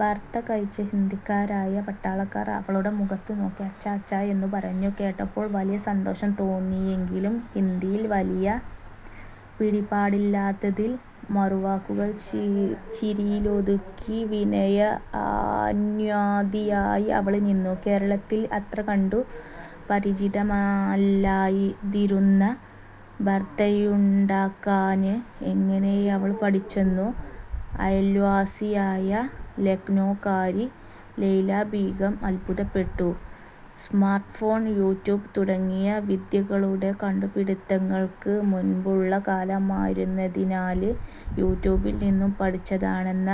ബര്ത്ത കഴിച്ച ഹിന്ദിക്കാരായ പട്ടാളക്കാര് അവളുടെ മുഖത്തുനോക്കി 'അച്ഛാ, അച്ഛാ-' യെന്നു പറഞ്ഞു. കേട്ടപ്പോള് വലിയ സന്തോഷം തോന്നിയെങ്കിലും ഹിന്ദിയില് വലിയ പിടിപാടില്ലാത്തതിനാല് മറുവാക്കുകള് ചിരിയിലൊതുക്കി വിനയാന്വതിയായി അവള് നിന്നു. കേരളത്തില് അത്രകണ്ടു പരിചിതമല്ലാതിരുന്ന ബര്ത്തയുണ്ടാക്കാന് എങ്ങനെയവള് പഠിച്ചെന്നു അയല്വാസിയായ ലക്നോക്കാരി ലൈലാബീഗം അത്ഭുതപ്പെട്ടു. സ്മാര്ട്ട് ഫോണ്, യൂട്യൂബ് തുടങ്ങിയ വിദ്യകളുടെ കണ്ടുപിടുത്തങ്ങള്ക്ക് മുന്പുള്ള കാലമായിരുന്നതിനാല് യൂട്യൂബില് നിന്നും പഠിച്ചതാണെന്ന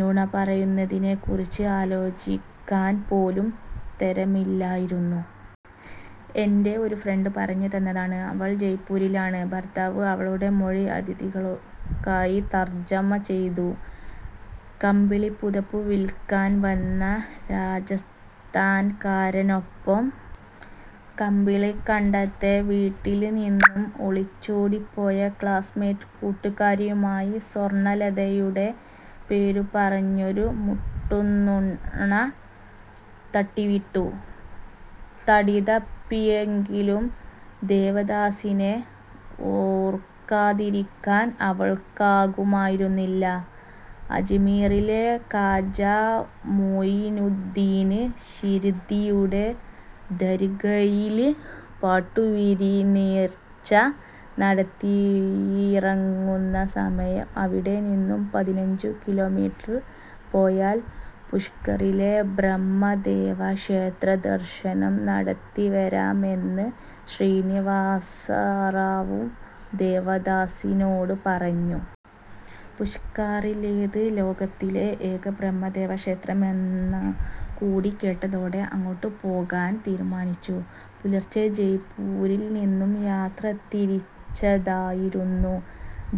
നുണപറയുന്നതിനെക്കുറിച്ച് ആലോചിക്കാന് പോലും തരമില്ലായിരുന്നു. 'എന്റെ ഒരു ഫ്രണ്ട് പറഞ്ഞു തന്നതാണ്. അവള് ജയ്പ്പൂരിലാണ്'' ഭര്ത്താവ് അവളുടെ മൊഴി അതിഥികള്ക്കായി തര്ജമ ചെയ്തു. കമ്പിളിപ്പുതപ്പു വില്ക്കാന് വന്ന രാജസ്ഥാന്കാരനൊപ്പം കമ്പിളികണ്ടത്തെ വീട്ടില്നിന്നും ഒളിച്ചോടിപ്പോയ ക്ലാസ്മേറ്റും കൂട്ടുകാരിയുമായ സ്വര്ണ്ണലതയുടെ പേരുപറഞ്ഞൊരു മുട്ടന്നുണ തട്ടിവിട്ടു തടിതപ്പിയെങ്കിലും ദേവദാസിനെ ഓര്ക്കാതിരിക്കാന് അവള്ക്കാകുമായിരുന്നില്ല. അജ്മീറിലെ കാജാ മോയിനുദ്ദിന് ഷിര്ദ്ദിയുടെ ദര്ഗയില് പട്ടുവിരിനേര്ച്ച നടത്തിയിറങ്ങുന്നസമയം അവിടെനിന്നും പതിനഞ്ചുകിലോമീറ്റര് പോയാല് പുഷ്കറിലെ ബ്രഹ്മദേവക്ഷേത്ര ദര്ശനം നടത്തിവരാമെന്ന് ശ്രീനിവാസറാവു ദേവദാസിനോട് പറഞ്ഞു. പുഷ്കറിലേത് ലോകത്തിലെ ഏക ബ്രഹ്മദേവ ക്ഷേത്രമെന്നുകൂടി കേട്ടതോടെ അങ്ങോട്ടു പോകാന് തീരുമാനിച്ചു. പുലര്ച്ചെ ജയ്പൂരില്നിന്നും യാത്രതിരിച്ചതായിരുന്നു.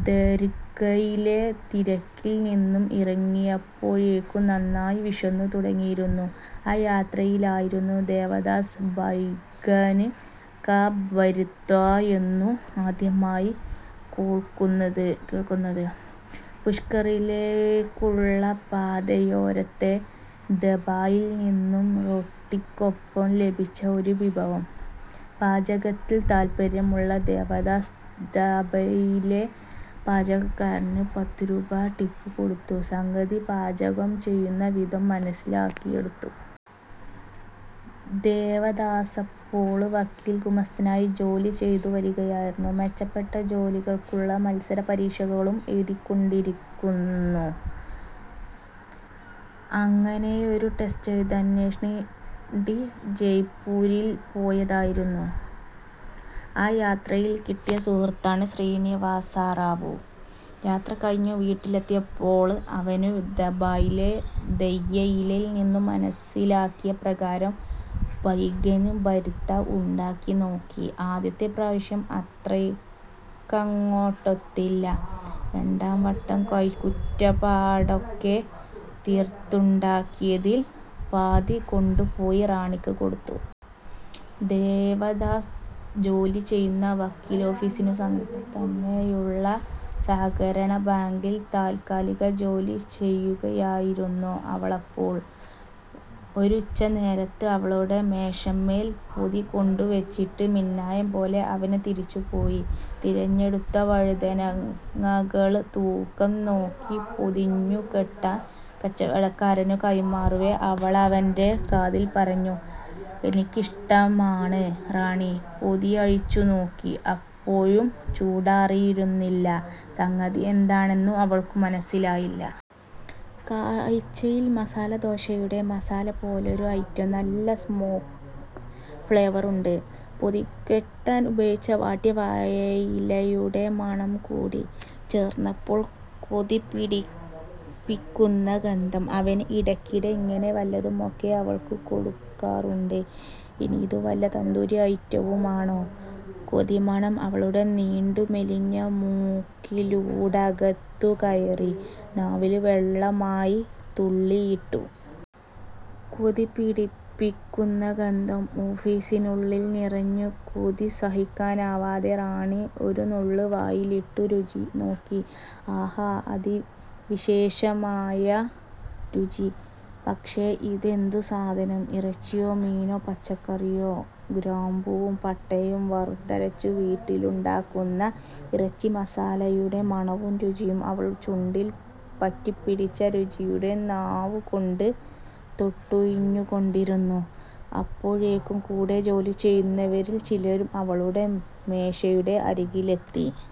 ദര്ഗയിലെ തിരക്കില്നിന്നും ഇറങ്ങിയപ്പോഴേക്കും നന്നായി വിശന്നുതുടങ്ങിയിരുന്നു. ആ യാത്രയിലായിരുന്നു ദേവദാസ് 'ബൈഗന് കാ ബര്ത്താ'യെന്നു ആദ്യമായി കേള്ക്കുന്നത്. പുഷ്കറിലേക്കുള്ള പാതയോരത്തെ ദാബയില്നിന്നും റൊട്ടിക്കൊപ്പം ലഭിച്ച ഒരു വിഭവം. പാചകത്തില് താല്പര്യമുള്ള ദേവദാസ്, ദാബയിലെ പാചകക്കാരന് പത്തുരൂപാ ടിപ്പുകൊടുത്ത് സംഗതി പാചകം ചെയ്യുന്ന വിധം മനസ്സിലാക്കിയെടുത്തു. ദേവദാസപ്പോള് വക്കീല്ഗുമസ്തനായി ജോലിചെയ്തു വരികയായിരുന്നു. മെച്ചപ്പെട്ട ജോലികള്ക്കുള്ള മത്സരപരീക്ഷകളും എഴുതിക്കൊണ്ടിരുന്നു. അങ്ങനെയൊരു ടെസ്റ്റെഴുതാന്വേണ്ടി ജയ്പ്പൂരില് പോയതായിരുന്നു. ആ യാത്രയില് കിട്ടിയ സുഹൃത്താണ് ശ്രീനിവാസറാവു. യാത്രകഴിഞ്ഞു വീട്ടിലെത്തിയപ്പോള് അവന് ദാബയിലെ ഭയ്യയില് നിന്നും മനസ്സിലാക്കിയ പ്രകാരം 'ബൈഗന് ബര്ത്ത' ഉണ്ടാക്കിനോക്കി. ആദ്യത്തെ പ്രാവശ്യം അത്രയ്ക്കങ്ങോട്ടൊത്തില്ല. രണ്ടാംവട്ടം കൈക്കുറ്റപ്പാടൊക്കെ തീര്ത്തുണ്ടാക്കിയതില് പാതികൊണ്ടുപോയി റാണിക്ക് കൊടുത്തു. ദേവദാസ് ജോലിചെയ്യുന്ന വക്കീലോഫിസിനു സമീപം തന്നെയുള്ള സഹകരണബാങ്കില് താല്ക്കാലിക ജോലി ചെയ്യുകയായിരുന്നു അവളപ്പോള്. ഒരുച്ചനേരത്ത് അവളുടെ മേശമേല് പൊതികൊണ്ടുവെച്ചിട്ട് മിന്നായംപോലെ അവന് തിരിച്ചുപോയി. തിരഞ്ഞെടുത്ത വഴുതനങ്ങകള് തൂക്കംനോക്കി പൊതിഞ്ഞുകെട്ടാന് കച്ചവടക്കാരനു കൈമാറവേ അവളവന്റെ കാതില് പറഞ്ഞു. '' എനിക്കിഷ്ടമാണ്'' റാണി പൊതിയഴിച്ചുനോക്കി. അപ്പോഴും ചൂടാറിയിരുന്നില്ല. സംഗതി എന്താണെന്നു അവള്ക്കു മനസ്സിലായില്ല. കാഴ്ചയില് മസാലദോശയുടെ മസാല പോലൊരു ഐറ്റം. നല്ല സ്മോക്ക് ഫ്ലേവറുണ്ട്. പൊതികെട്ടാന് ഉപയോഗിച്ച വാട്ടിയ വാഴയിലയുടെ മണംകൂടി ചേര്ന്നപ്പോള് കൊതിപിടിപ്പിക്കുന്ന ഗന്ധം. അവന് ഇടക്കിടെ ഇങ്ങനെ വല്ലതുമൊക്കെ അവള്ക്കു കൊടുക്കാറുണ്ട്. ഇനിയിതു വല്ല തന്തൂരി ഐറ്റവുമാണോ? കൊതിമണം അവളുടെ നീണ്ടുമെലിഞ്ഞ മൂക്കിലൂടകത്തുകയറി നാവില് വെള്ളമായി തുള്ളിയിട്ടു. കൊതിപിടിപ്പിക്കുന്ന ഗന്ധം ഓഫീസിനുള്ളില് നിറഞ്ഞു. കൊതിസഹിക്കാനാവാതെ റാണി ഒരുനുള്ള് വായിലിട്ടു രുചിനോക്കി. ആഹാ.. അതിവിശേഷമായ രുചി!. പക്ഷെ ഇതെന്തു സാധനം!. ഇറച്ചിയോ മീനോ പച്ചക്കറിയോ? ഗ്രാമ്പുവും പട്ടയും വറുത്തരച്ചു വീട്ടിലുണ്ടാക്കുന്ന ഇറച്ചിമസാലയുടെ മണവും രുചിയും!. അവള് ചുണ്ടില് പറ്റിപ്പിടിച്ച രുചിയെ നാവുകൊണ്ട് തൊട്ടുഴിഞ്ഞുകൊണ്ടിരുന്നു. അപ്പോഴേക്കും കൂടെ ജോലിചെയ്യുന്നവരില് ചിലരും അവളുടെ മേശയുടെ അരികിലെത്തി.